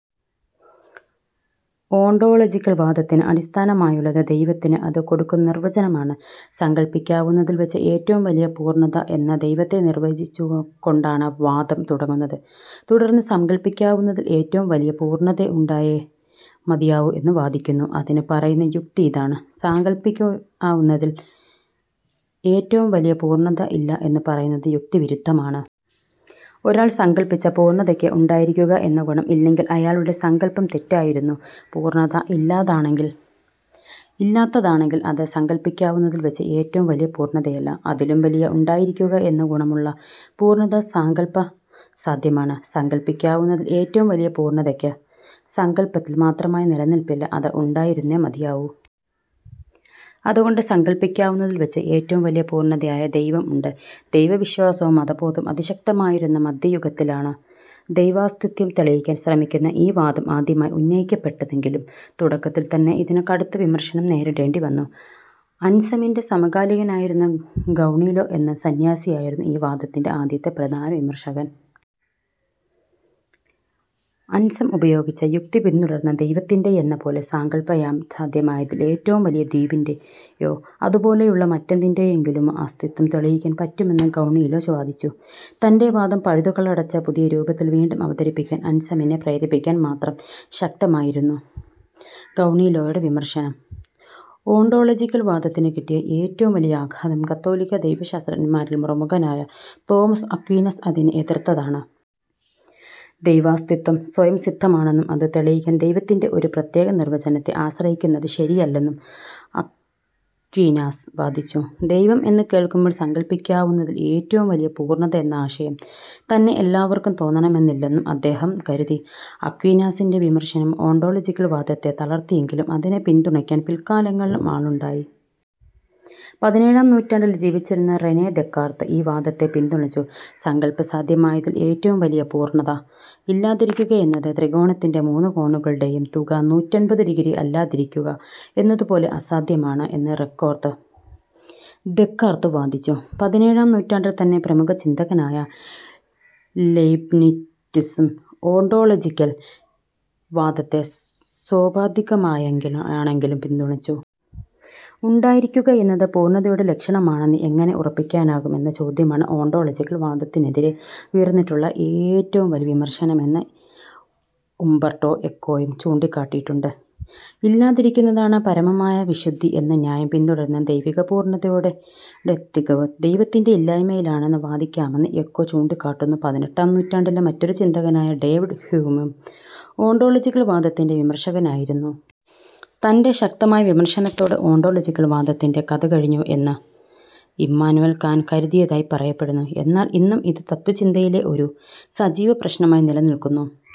Ontological വാദത്തിന് അടിസ്ഥാനമായുള്ളത് ദൈവത്തിന് അത് കൊടുക്കുന്ന നിർവചനമാണ്. സങ്കൽപ്പിക്കാവുന്നതിൽ വച്ച് ഏറ്റവും വലിയ പൂർണ്ണത എന്ന് ദൈവത്തെ നിർവചിച്ചുകൊണ്ടാണ് വാദം തുടങ്ങുന്നത്. തുടർന്ന് സങ്കൽപ്പിക്കാവുന്നതിൽ ഏറ്റവും വലിയ പൂർണ്ണത ഉണ്ടായേ മതിയാവൂ എന്ന് വാദിക്കുന്നു. അതിന് പറയുന്ന യുക്തി ഇതാണ്. സാങ്കൽപ്പിക്കാവുന്നതിൽ ഏറ്റവും വലിയ പൂർണ്ണത ഇല്ല എന്ന് പറയുന്നത് യുക്തിവിരുദ്ധമാണ്. ഒരാൾ സങ്കൽപ്പിച്ച പൂർണ്ണതയ്ക്ക് ഉണ്ടായിരിക്കുക എന്ന ഗുണം ഇല്ലെങ്കിൽ അയാളുടെ സങ്കൽപ്പം തെറ്റായിരുന്നു. പൂർണ്ണത ഇല്ലാതാണെങ്കിൽ ഇല്ലാത്തതാണെങ്കിൽ അത് സങ്കൽപ്പിക്കാവുന്നതിൽ വച്ച് ഏറ്റവും വലിയ പൂർണ്ണതയല്ല. അതിലും വലിയ ഉണ്ടായിരിക്കുക എന്ന ഗുണമുള്ള പൂർണ്ണത സാങ്കൽപ്പസാധ്യമാണ്. സങ്കൽപ്പിക്കാവുന്നതിൽ ഏറ്റവും വലിയ പൂർണ്ണതയ്ക്ക് സങ്കൽപ്പത്തിൽ മാത്രമായി നിലനിൽപ്പില്ല. അത് ഉണ്ടായിരുന്നേ മതിയാവൂ. അതുകൊണ്ട് സങ്കൽപ്പിക്കാവുന്നതിൽ വച്ച് ഏറ്റവും വലിയ പൂർണ്ണതയായ ദൈവം ഉണ്ട്. ദൈവവിശ്വാസവും മതബോധവും അതിശക്തമായിരുന്ന മധ്യയുഗത്തിലാണ് ദൈവാസ്തിത്വം തെളിയിക്കാൻ ശ്രമിക്കുന്ന ഈ വാദം ആദ്യമായി ഉന്നയിക്കപ്പെട്ടതെങ്കിലും തുടക്കത്തിൽ തന്നെ ഇതിന് കടുത്ത വിമർശനം നേരിടേണ്ടിവന്നു. അൻസമിൻ്റെ സമകാലികനായിരുന്ന ഗൗണീലോ എന്ന സന്യാസിയായിരുന്നു ഈ വാദത്തിൻ്റെ ആദ്യത്തെ പ്രധാന വിമർശകൻ. അൻസം ഉപയോഗിച്ച യുക്തി പിന്തുടർന്നാൽ ദൈവത്തിൻ്റെ യെന്നപോലെ സാങ്കൽപ്പയാസാധ്യമായതിൽ ഏറ്റവും വലിയ ദ്വീപിൻ്റെ യോ അതുപോലെയുള്ള മറ്റെന്തിൻ്റെ യെങ്കിലുമോ അസ്തിത്വം തെളിയിക്കാൻ പറ്റുമെന്ന് ഗൗണീലോ ച്ച്വോദിച്ചു. തൻ്റെ വാദം പഴുതുകളടച്ച് പുതിയ രൂപത്തിൽ വീണ്ടും അവതരിപ്പിക്കാൻ അൻസമിനെ പ്രേരിപ്പിക്കാൻ മാത്രം ശക്തമായിരുന്നു ഗൗണീലോയുടെ വിമർശനം. ഓണ്ടോളജിക്കൽ വാദത്തിന് കിട്ടിയ ഏറ്റവും വലിയ ആഘാതം കത്തോലിക്കാ ദൈവശാസ്ത്രജ്ഞന്മാരിൽ പ്രമുഖനായ തോമസ് അക്വീനാസ് അതിനെ എതിർത്തതാണ്. ദൈവാസ്തിത്വം സ്വയംസിദ്ധമാണെന്നും അത് തെളിയിക്കാൻ ദൈവത്തിൻ്റെ ഒരു പ്രത്യേക നിർവചനത്തെ ആശ്രയിക്കുന്നത് ശരിയല്ലെന്നും അക്വീനാസ് വാദിച്ചു. ദൈവം എന്നു കേൾക്കുമ്പോൾ സങ്കൽപ്പിക്കാവുന്നതിൽ ഏറ്റവും വലിയ പൂർണ്ണത എന്ന ആശയം തന്നെ എല്ലാവർക്കും തോന്നണമെന്നില്ലെന്നും അദ്ദേഹം കരുതി. അക്വീനാസിൻ്റെ വിമർശനം ഓണ്ടോളജിക്കൽ വാദത്തെ തളർത്തിയെങ്കിലും അതിനെ പിന്തുണയ്ക്കാൻ പിൽക്കാലങ്ങളിലും ആളുണ്ടായി. പതിനേഴാം നൂറ്റാണ്ടിൽ ജീവിച്ചിരുന്ന റെനെ ദെക്കാർത്ത് ഈ വാദത്തെ പിന്തുണച്ചു. സങ്കൽപ്പസാധ്യമായതിൽ ഏറ്റവും വലിയ പൂർണ്ണത ഇല്ലാതിരിക്കുകയെന്നത് ത്രികോണത്തിൻ്റെ മൂന്ന് കോണുകളുടെയും തുക നൂറ്റെൺപത് ഡിഗ്രി അല്ലാതിരിക്കുക എന്നതുപോലെ അസാധ്യമാണ് എന്ന് റെക്കോർത്ത് ദെക്കാർത്ത് വാദിച്ചു. പതിനേഴാം നൂറ്റാണ്ടിൽ തന്നെ പ്രമുഖ ചിന്തകനായ ലയ്ബ്നിറ്റ്സും ഓണ്ടോളജിക്കൽ വാദത്തെ സോപാധികമായെങ്കിലും യാണെങ്കിലും പിന്തുണച്ചു. ഉണ്ടായിരിക്കുകയെന്നത് പൂർണ്ണതയുടെ ലക്ഷണമാണെന്ന് എങ്ങനെ ഉറപ്പിക്കാനാകും എന്ന ചോദ്യമാണ് ഓണ്ടോളജിക്കൽ വാദത്തിനെതിരെ ഉയർന്നിട്ടുള്ള ഏറ്റവും വലിയ വിമർശനമെന്ന് ഉമ്പർട്ടോ എക്കോയും ചൂണ്ടിക്കാട്ടിയിട്ടുണ്ട്. ഇല്ലാതിരിക്കുന്നതാണ് പരമമായ വിശുദ്ധി എന്ന ന്യായം പിന്തുടർന്ന് ദൈവികപൂർണ്ണതയുടെ തികവ് ദൈവത്തിൻ്റെ ഇല്ലായ്മയിലാണെന്ന് വാദിക്കാമെന്ന് എക്കോ ചൂണ്ടിക്കാട്ടുന്നു. പതിനെട്ടാം നൂറ്റാണ്ടിലെ മറ്റൊരു ചിന്തകനായ ഡേവിഡ് ഹ്യൂമും ഓണ്ടോളജിക്കൽ വാദത്തിൻ്റെ വിമർശകനായിരുന്നു. തൻ്റെ ശക്തമായ വിമർശനത്തോടെ ഓണ്ടോളജിക്കൽ വാദത്തിൻ്റെ കഥ കഴിഞ്ഞു എന്ന് ഇമ്മാനുവേൽ കാന്റ് കരുതിയതായി പറയപ്പെടുന്നു. എന്നാൽ ഇന്നും ഇത് തത്ത്വചിന്തയിലെ ഒരു സജീവപ്രശ്നമായി നിലനിൽക്കുന്നു.